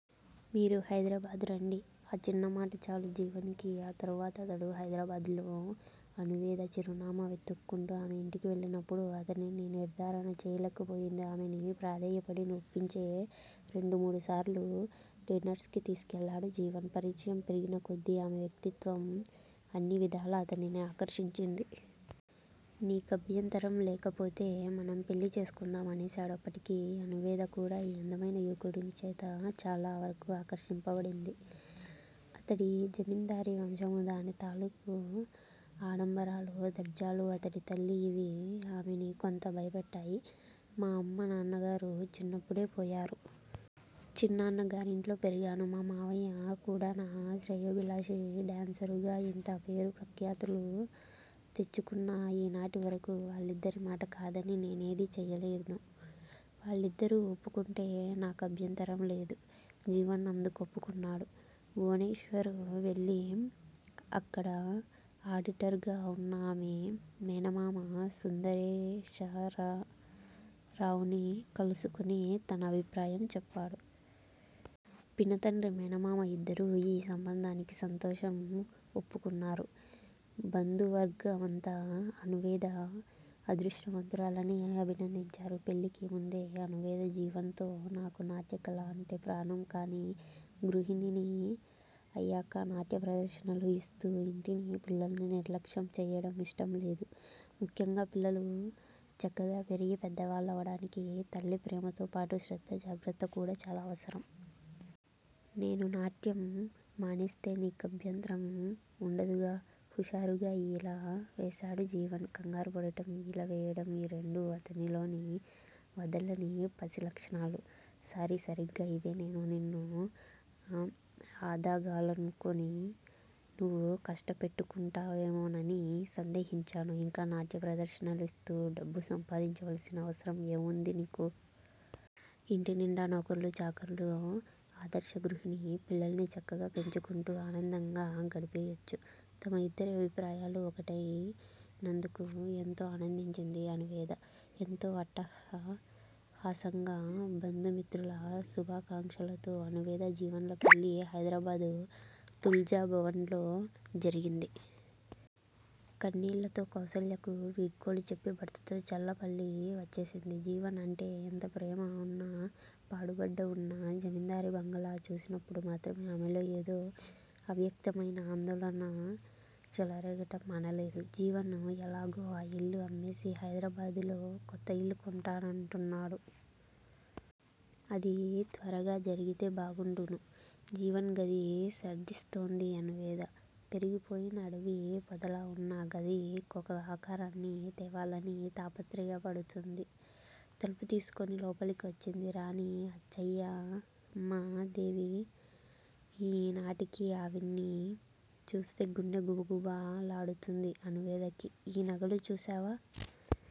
మీరు హైదరాబాద్ రండి. ఆ చిన్న మాట చాలు జీవన్ కి ఆ తరువాత అతడు హైదరాబాద్ లో అణువేద చిరునామా వెతుక్కుంటూ ఆమె ఇంటికి వెళ్ళినప్పుడు అతనిని నిర్ధారణ చేయలేకపోయింది. ఆమెని ప్రాధేయపడి వొప్పించే రెండు మూడుసార్లు డిన్నర్సుకి తీసుకెళ్ళాడు జీవన్. పరిచయం పెరిగిన కొద్ది ఆమె వ్యక్తిత్వం అన్నీ విధాలా అతనిని ఆకర్షించింది. నీకభ్యంతరం లేకపోతే మనం పెళ్ళి చేసుకుందాం! అనేశాడు. అప్పటికి అనువేద కూడా ఈ అందమైన యువకుడి చేత చాలా వరకు ఆకర్షింపబడింది. అతడి జమిందారీ వంశము దాని తాలూకు ఆడంబరాలు, దర్జాలు, అతడి తల్లి యివి ఆమెని కొంత భయపెట్టాయి. మా అమ్మా నాన్నగారు చిన్నప్పుడే పోయారు. చిన్నాన్న గారింట్లో పెరిగాను. మా మావయ్య కూడా నా శ్రేయోభిలాషి డాన్సురుగా యింత పేరు ప్రఖ్యాతులు తెచ్చుకున్నా ఈనాటి వరకు వాళ్ళిద్దరి మాట కాదని నేనేది చెయ్యలేను. వాళ్ళిద్దరూ వొప్పుకుంటే నాకభ్యంతరం లేదు. జీవన్ అందుకొప్పుకున్నాడు. భువనేశ్వర్ వెళ్ళి అక్కడ ఆడిటర్ గా వున్న ఆమె మేనమామ సుందరేశరరావుని కలుసుకుని తన అభిప్రాయం చెప్పాడు. పినతండ్రి మేనమామ ఇద్దరూ యీ సంబంధానికి సంతోషం వొప్పుకున్నారు. బంధువర్గమంతా అణువేద అదృష్టవంతురాలని అభినందించారు. పెళ్ళికి ముందే అణువేద జీవన్ తో నాకు నాట్యకళ అంటే ప్రాణం కానీ గృహిణిని అయ్యాక నాట్యప్రదర్శనలు యిస్తూ యింటిని పిల్లల్ని నిర్లక్ష్యం చెయ్యడం ఇష్టం లేదు. ముఖ్యంగా పిల్లలు చక్కగా పెరిగి పెద్దవాళ్ళవడానికి తల్లి ప్రేమతో పాటు శ్రద్ధ, జాగ్రత్త కూడా చాలా అవసరం. నేను నాట్యం మానేస్తే నీ కభ్యంతరం వుండదుగా! హుషారుగా ఈల వేశాడు జీవన్. కంగారు పడటం, ఈల వేయడం ఈ రెండు అతనిలోని వదలని పసి లక్షణాలు. సారీ! సరిగ్గా ఇదే నేను నిన్ను అదగాలనుకుని నువు కష్టపెట్టుకుంటావేమోనని సందేహించాను ఇంకా నాట్య ప్రదర్శనలిస్తూ డబ్బు సంపాదించవలసిన అవసరం ఏం వుంది నీకు? ఇంటి నిండా నౌకర్లు, చాకర్లు. ఆదర్శ గృహిణి పిల్లల్ని చక్కగా పెంచుకుంటూ ఆనందగా గడిపెయొచ్చు. తమ ఇద్దరి అభిప్రాయాలు ఒకటై నందుకు ఏంతో ఆనందించింది అణువేద. ఎంతో అట్టహాసంగా బంధు మిత్రుల శుభాకంక్షలతో అణువేద జీవన్ ల పెళ్ళి హైదరాబాద్ తుల్జా భవన్ లో జరిగింది. కన్నీళ్ళతో కౌసల్యకు వీడ్కోలు చెప్పి భర్తతో చల్లపల్లి వచ్చేసింది. జీవన్ అంటే యెంత ప్రేమ వున్నా పాడుబడ్డ వున్న జమిందారీ బంగాళా చూసినప్పుడు మాత్రమే ఆమెలో ఏదో అవ్యక్తమైన ఆందోళన చెలరేగటం మానలేదు. జీవన్ యెలాగో ఆ యిల్లు అమ్మేసి హైదరాబాద్ లో కొత్త యిల్లు కొంటానంటున్నాడు. అది త్వరగా జరిగితే బాగుండును. జీవన్ గది సర్దిస్తోంది అణువేద. పెరిగిపోయిన అడవి పొదలా వున్న ఆ గది కొక ఆకారాన్ని తేవాలని తాపత్రయపడుతుంది. తలుపు తీసుకుని లోపలికి వచ్చింది రాణి అచ్చయ్యమ్మాదేవి ఈ నాటికి ఆవిణ్ణి చూస్తే గుండె గుబగుబ లాడుతుంది అణువేదకి. ఈ నగలు చూశావా?